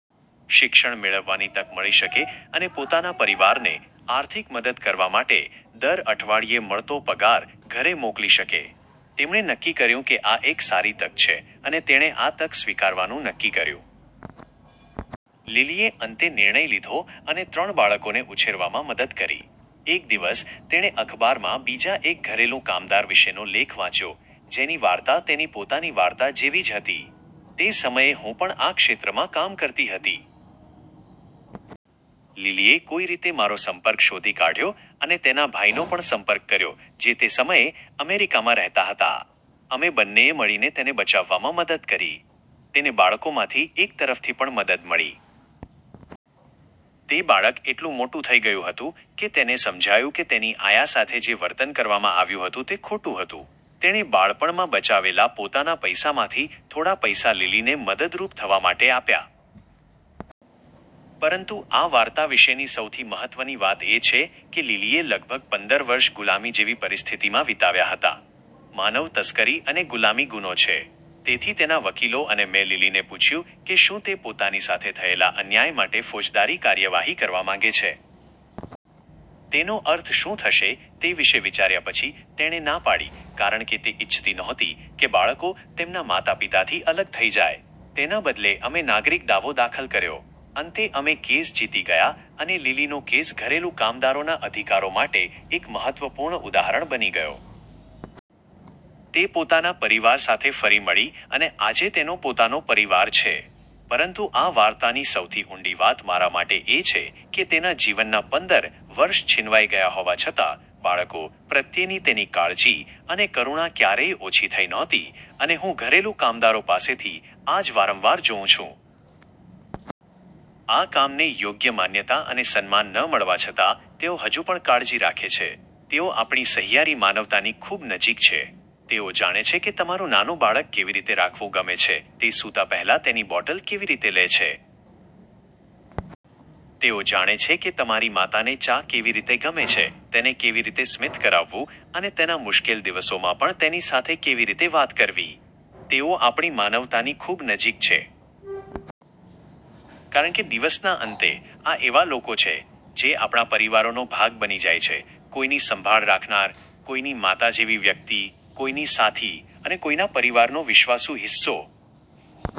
શિક્ષણ મેળવવાની તક મળી શકે અને પોતાના પરિવારને આર્થિક મદદ કરવા માટે દર અઠવાડિયે મળતો પગાર ઘરે મોકલી શકે. તેમણે નક્કી કર્યું કે આ એક સારી તક છે અને તેણે આ તક સ્વીકારવાનું નક્કી કર્યું. લિલીએ અંતે નિર્ણય લીધો અને ત્રણ બાળકોને ઉછેરવામાં મદદ કરી. એક દિવસ, તેણે અખબારમાં બીજા એક ઘરેલું કામદાર વિશેનો લેખ વાંચ્યો, જેની વાર્તા તેની પોતાની વાર્તા જેવી જ હતી. તે સમયે હું પણ આ ક્ષેત્રમાં કામ કરતી હતી. લિલીએ કોઈ રીતે મારો સંપર્ક શોધી કાઢ્યો અને તેના ભાઈનો પણ સંપર્ક કર્યો, જે તે સમયે અમેરિકામાં રહેતા હતા. અમે બંનેએ મળીને તેને બચાવવામાં મદદ કરી. તેને બાળકોમાંથી એક તરફથી પણ મદદ મળી. તે બાળક એટલું મોટું થઈ ગયું હતું કે તેને સમજાયું કે તેની આયા સાથે જે વર્તન કરવામાં આવ્યું હતું તે ખોટું હતું. તેણે બાળપણમાં બચાવેલા પોતાના પૈસામાંથી થોડા પૈસા લિલીને મદદરૂપ થવા માટે આપ્યા. પરંતુ આ વાર્તા વિશેની સૌથી મહત્વની વાત એ છે કે લિલીએ લગભગ પંદર વર્ષ ગુલામી જેવી પરિસ્થિતિમાં વિતાવ્યાં હતાં. માનવ તસ્કરી અને ગુલામી ગુનો છે. તેથી તેના વકીલો અને મેં લિલીને પૂછ્યું કે શું તે પોતાની સાથે થયેલા અન્યાય માટે ફોજદારી કાર્યવાહી કરવા માંગે છે. તેનો અર્થ શું થશે તે વિશે વિચાર્યા પછી તેણે ના પાડી, કારણ કે તે ઇચ્છતી નહોતી કે બાળકો તેમના માતા-પિતાથી અલગ થઈ જાય. તેના બદલે, અમે નાગરિક દાવો દાખલ કર્યો. અંતે અમે કેસ જીતી ગયા અને લિલીનો કેસ ઘરેલું કામદારોના અધિકારો માટે એક મહત્વપૂર્ણ ઉદાહરણ બની ગયો. તે પોતાના પરિવાર સાથે ફરી મળી અને આજે તેનો પોતાનો પરિવાર છે. પરંતુ આ વાર્તાની સૌથી ઊંડી વાત મારા માટે એ છે કે તેના જીવનના પંદર વર્ષ છીનવાઈ ગયા હોવા છતાં, બાળકો પ્રત્યેની તેની કાળજી અને કરુણા ક્યારેય ઓછી થઈ નહોતી, અને હું ઘરેલું કામદારો પાસેથી આ જ વારંવાર જોઉં છું. આ કામને યોગ્ય માન્યતા અને સન્માન ન મળવા છતાં, તેઓ હજુ પણ કાળજી રાખે છે. તેઓ આપણી સહિયારી માનવતાની ખૂબ નજીક છે. તેઓ જાણે છે કે તમારું નાનું બાળક કેવી રીતે રાખવું ગમે છે, તે સૂતા પહેલાં તેની બોટલ કેવી રીતે લે છે. તેઓ જાણે છે કે તમારી માતાને ચા કેવી રીતે ગમે છે, તેને કેવી રીતે સ્મિત કરાવવું અને તેના મુશ્કેલ દિવસોમાં પણ તેની સાથે કેવી રીતે વાત કરવી. તેઓ આપણી માનવતાની ખૂબ નજીક છે. કારણ કે દિવસના અંતે, આ એવા લોકો છે જે આપણા પરિવારોનો ભાગ બની જાય છે, કોઈની સંભાળ રાખનાર, કોઈની માતા જેવી વ્યક્તિ, કોઈની સાથી અને કોઈના પરિવારનો વિશ્વાસુ હિસ્સો